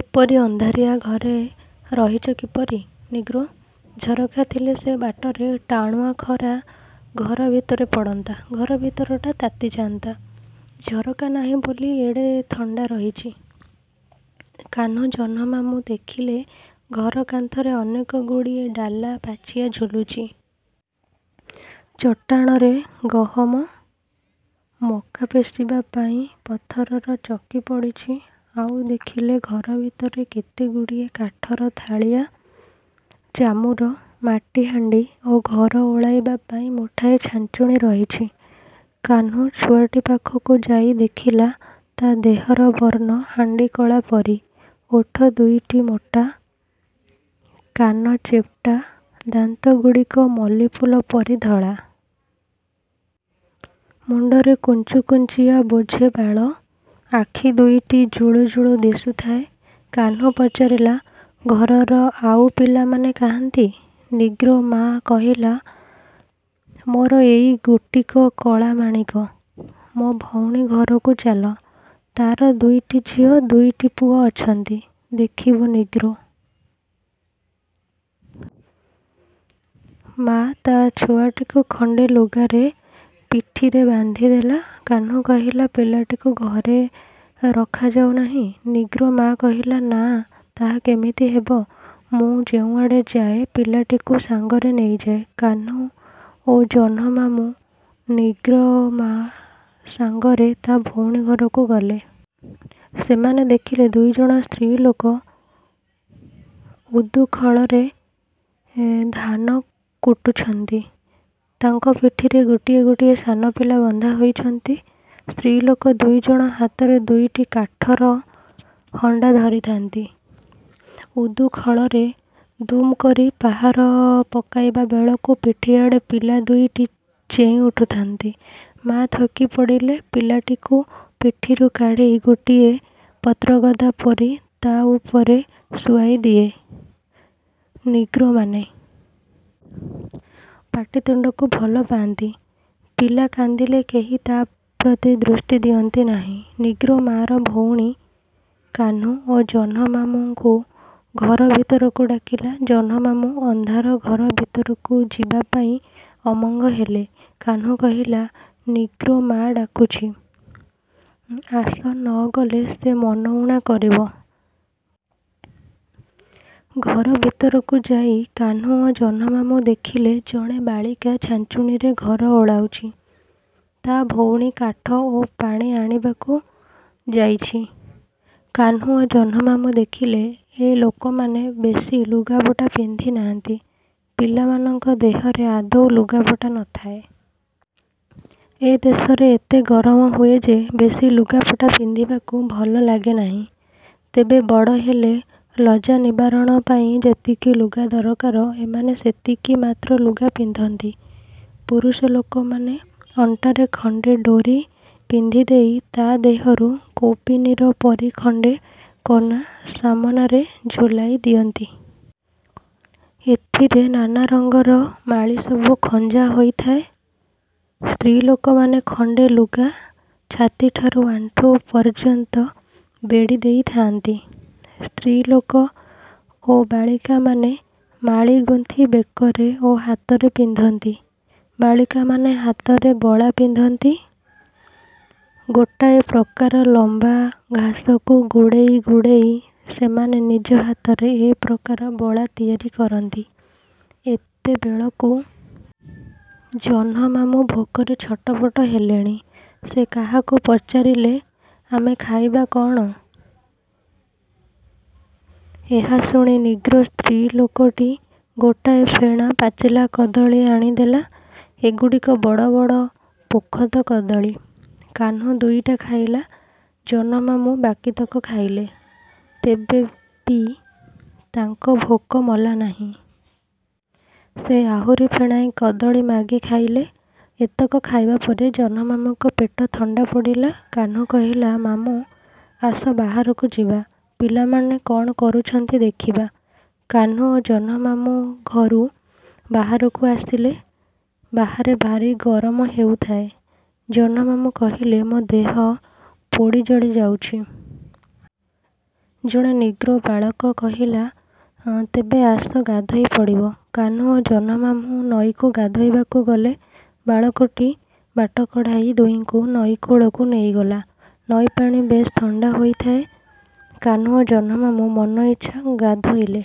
ଏପରି ଅନ୍ଧାରିଆ ଘରେ ରହିଛ କିପରି? ନିଗ୍ରୋ, ଝରକା ଥିଲେ ସେ ବାଟରେ ଟାଣୁଆ ଖରା ଘର ଭିତରେ ପଡ଼ନ୍ତା। ଘର ଭିତରଟା ତାତି ଯାଆନ୍ତା। ଝରକା ନାହିଁ ବୋଲି ଏଡ଼େ ଥଣ୍ଡା ରହିଛି। କାହ୍ନୁ ଜହ୍ନମାମୁଁ ଦେଖିଲେ ଘର କାନ୍ଥରେ ଅନେକ ଗୁଡ଼ିଏ ଡାଲା, ପାଛିଆ ଝୁଲୁଛି। ଚଟାଣରେ ଗହମା, ମକା ପେଷିବା ପାଇଁ ପଥରର ଚକି ପଡ଼ିଛି। ଆଉ ଦେଖିଲେ, ଘର ଭିତରେ କେତେଗୁଡ଼ିଏ କାଠର ଥାଳିଆ, ଚାମୁଚ, ମାଟିହାଣ୍ଡି ଓ ଘର ଓଳାଇବା ପାଇଁ ମୁଠାଏ ଛାଞ୍ଚୁଣୀ ରହିଛି। କାହ୍ନୁ ଛୁଆଟି ପାଖକୁ ଯାଇ ଦେଖିଲା, ତା' ଦେହର ବର୍ଣ୍ଣ ହାଣ୍ଡିକଳା ପରି, ଓଠ ଦୁଇଟି ମୋଟା, କାନ ଚେପ୍ଟା, ଦାନ୍ତଗୁଡ଼ିକ ମଲ୍ଲୀଫୁଲ ପରି ଧଳା। ମୁଣ୍ଡରେ କୁଞ୍ଚୁକୁଞ୍ଚିଆ ବୋଝେ ବାଳ, ଆଖି ଦୁଇଟି ଜୁଳୁ ଜୁଳୁ ଦିଶୁଥାଏ। କାହ୍ନୁ ପଚାରିଲା, ଘରର ଆଉ ପିଲାମାନେ କାହାଁନ୍ତି? ନିଗ୍ରୋ ମା' କହିଲା, ମୋର ଏଇ ଗୋଟିକ କଳାମାଣିକ। ମୋ ଭଉଣୀ ଘରକୁ ଚାଲ। ତା'ର ଦୁଇଟି ଝିଅ ଦୁଇଟି ପୁଅ ଅଛନ୍ତି, ଦେଖିବ। ନିଗ୍ରୋ ମା' ତା' ଛୁଆଟିକୁ ଖଣ୍ଡେ ଲୁଗାରେ ପିଠିରେ ବାନ୍ଧିଦେଲା। କାହ୍ନୁ କହିଲା, ପିଲାଟିକୁ ଘରେ ରଖାଯାଉ ନାହଁ? ନିଗ୍ରୋ ମା' କହିଲା, ନା ତାହା କିମିତି ହେବ? ମୁଁ ଯେଉଁଆଡ଼େ ଯାଏ, ପିଲାଟିକୁ ସାଙ୍ଗରେ ନେଇଯାଏ। କାହ୍ନୁ ଓ ଜହ୍ନମାମୁଁ ନିଗ୍ରୋ ମା' ସାଙ୍ଗରେ ତା' ଭଉଣୀ ଘରକୁ ଗଲେ। ସେମାନେ ଦେଖିଲେ, ଦୁଇଜଣ ସ୍ତ୍ରୀଲୋକ ଉଦୁଖଳରେ ଧାନ କୁଟୁଛନ୍ତି। ତାଙ୍କ ପିଠିରେ ଗୋଟିଏ ଗୋଟିଏ ସାନପିଲା ବନ୍ଧା ହୋଇଛନ୍ତି। ସ୍ତ୍ରୀଲୋକ ଦୁଇଜଣ ହାତରେ ଦୁଇଟି କାଠର ହଣ୍ଡା ଧରିଥାନ୍ତି। ଉଦୁଖଳରେ ଦୁମ୍ କରି ପାହାର ପକାଇବା ବେଳକୁ ପିଠିଆଡ଼େ ପିଲା ଦୁଇଟି ଚେଇଁ ଉଠୁଥାନ୍ତି। ମା' ଥକି ପଡ଼ିଲେ ପିଲାଟିକୁ ପିଠିରୁ କାଢ଼ି ଗୋଟିଏ ପତ୍ରଗଦା ପରି ତା'ଉପରେ ଶୁଆଇ ଦିଏ। ନିଗ୍ରୋମାନେ ପାଟିତୁଣ୍ଡକୁ ଭଲ ପାଆନ୍ତି। ପିଲା କାନ୍ଦିଲେ କେହି ତା' ପ୍ରତି ଦୃଷ୍ଟି ଦିଅନ୍ତି ନାହିଁ। ନିଗ୍ରୋ ମା'ର ଭଉଣୀ, କାହ୍ନୁ ଓ ଜହ୍ନମାମୁଁଙ୍କୁ ଘର ଭିତରକୁ ଡାକିଲା। ଜହ୍ନମାମୁଁ ଅନ୍ଧାର ଘର ଭିତରକୁ ଯିବାପାଇଁ ଅମଙ୍ଗ ହେଲେ। କାହ୍ନୁ କହିଲା, ନିଗ୍ରୋ ମା' ଡାକୁଛି। ଆସ, ନ ଗଲେ ସେ ମନ ଊଣା କରିବ। ଭିତରକୁ ଯାଇ କାହ୍ନୁ ଓ ଜହ୍ନମାମୁଁ ଦେଖିଲେ, ଜଣେ ବାଳିକା ଛାଞ୍ଚୁଣୀରେ ଘର ଓଳାଉଛି। ତା' ଭଉଣୀ କାଠ ଓ ପାଣି ଆଣିବାକୁ ଯାଇଛି। କାହ୍ନୁ ଓ ଜହ୍ନମାମୁଁ ଦେଖିଲେ ଏ ଲୋକମାନେ ବେଶି ଲୁଗାପଟା ପିନ୍ଧି ନାହାଁନ୍ତି। ପିଲାମାନଙ୍କ ଦେହରେ ଆଦୌ ଲୁଗାପଟା ନ ଥାଏ। ଏ ଦେଶରେ ଏତେ ଗରମ ହୁଏ ଯେ, ବେଶୀ ଲୁଗାପଟା ପିନ୍ଧିବାକୁ ଭଲ ଲାଗେ ନାହିଁ। ତେବେ ବଡ଼ ହେଲେ ଲଜ୍ଜା ନିବାରଣ ପାଇଁ ଯେତିକି ଲୁଗା ଦରକାର ଏମାନେ ସେତିକି ମାତ୍ର ଲୁଗା ପିନ୍ଧନ୍ତି। ପୁରୁଷ ଲୋକମାନେ ଅଣ୍ଟାରେ ଖଣ୍ଡେ ଡୋରି ବାନ୍ଧିଦେଇ ତା' ଦେହରୁ କୌପୀନ ପରି ଖଣ୍ଡେ କନା ସାମନାରେ ଝୁଲାଇ ଦିଅନ୍ତି। ଏଥିରେ ନାନାରଙ୍ଗର ମାଳିସବୁ ଖଞ୍ଜା ହୋଇଥାଏ। ସ୍ତ୍ରୀଲୋକମାନେ ଖଣ୍ଡେ ଲୁଗା ଛାତିଠାରୁ ଆଣ୍ଠୁ ପର୍ଯ୍ୟନ୍ତ ବେଢ଼ିଦେଇ ଥାଆନ୍ତି। ସ୍ତ୍ରୀଲୋକ ଓ ବାଳିକାମାନେ ମାଳି ଗୁନ୍ଥି ବେକରେ ଓ ହାତରେ ପିନ୍ଧନ୍ତି। ବାଳିକାମାନେ ହାତରେ ବଳା ପିନ୍ଧନ୍ତି। ଗୋଟାଏ ପ୍ରକାର ଲମ୍ବା ଘାସକୁ ଗୁଡ଼େଇ ଗୁଡ଼େଇ ସେମାନେ ନିଜ ହାତରେ ଏ ପ୍ରକାର ବଳା ତିଆରି କରନ୍ତି। ଏତେବେଳକୁ ଜହ୍ନମାମୁଁ ଭୋକରେ ଛଟପଟ ହେଲେଣି। ସେ କାହାକୁ ପଚାରିଲେ, ଆମେ ଖାଇବା କଅଣ? ଏହା ଶୁଣି ନିଗ୍ରୋ ସ୍ତ୍ରୀଲୋକଟି ଗୋଟାଏ ଫେଣା ପାଚିଲା କଦଳୀ ଆଣି ଦେଲା। ଏଗୁଡ଼ିକ ବଡ଼ ବଡ଼ ପୋଖତ କଦଳୀ। କାହ୍ନୁ ଦୁଇଟା ଖାଇଲା; ଜହ୍ନମାମୁଁ ବାକିତକ ଖାଇଲେ। ତେବେ ବି ତାଙ୍କ ଭୋକ ମଲା ନାହିଁ। ସେ ଆହୁରି ଫେଣାଏ କଦଳୀ ମାଗି ଖାଇଲେ। ଏତକ ଖାଇବା ପରେ ଜହ୍ନମାମୁଁଙ୍କ ପେଟ ଥଣ୍ଡା ପଡ଼ିଲା। କାହ୍ନୁ କହିଲା, ମାମୁଁ! ଆସ ବାହାରକୁ ଯିବା। ପିଲାମାନେ କ'ଣ କରୁଛନ୍ତି ଦେଖିବା। କାହ୍ନୁ ଓ ଜହ୍ନମାମୁଁ ଘରୁ ବାହାରକୁ ଆସିଲେ। ବାହାରେ ଭାରି ଗରମ ହେଉଥାଏ। ଜହ୍ନମାମୁଁ କହିଲେ, ମୋ ଦେହ ପୋଡ଼ି ଜଳି ଯାଉଛି। ଜଣେ ନିଗ୍ରୋ ବାଳକ କହିଲା, ତେବେ ଆସ, ଗାଧୋଇପଡ଼। କାହ୍ନୁ ଓ ଜହ୍ନମାମୁଁ ନଈକୁ ଗାଧୋଇବାକୁ ଗଲେ। ବାଳକଟି ବାଟ କଢ଼ାଇ ଦୁହିଁଙ୍କୁ ନଈକୂଳକୁ ନେଇଗଲା। ନଈପାଣି ବେଶ୍ ଥଣ୍ଡା ହୋଇଥାଏ। କାହ୍ନୁ ଓ ଜହ୍ନମାମୁଁ ମନଇଚ୍ଛା ଗାଧୋଇଲେ।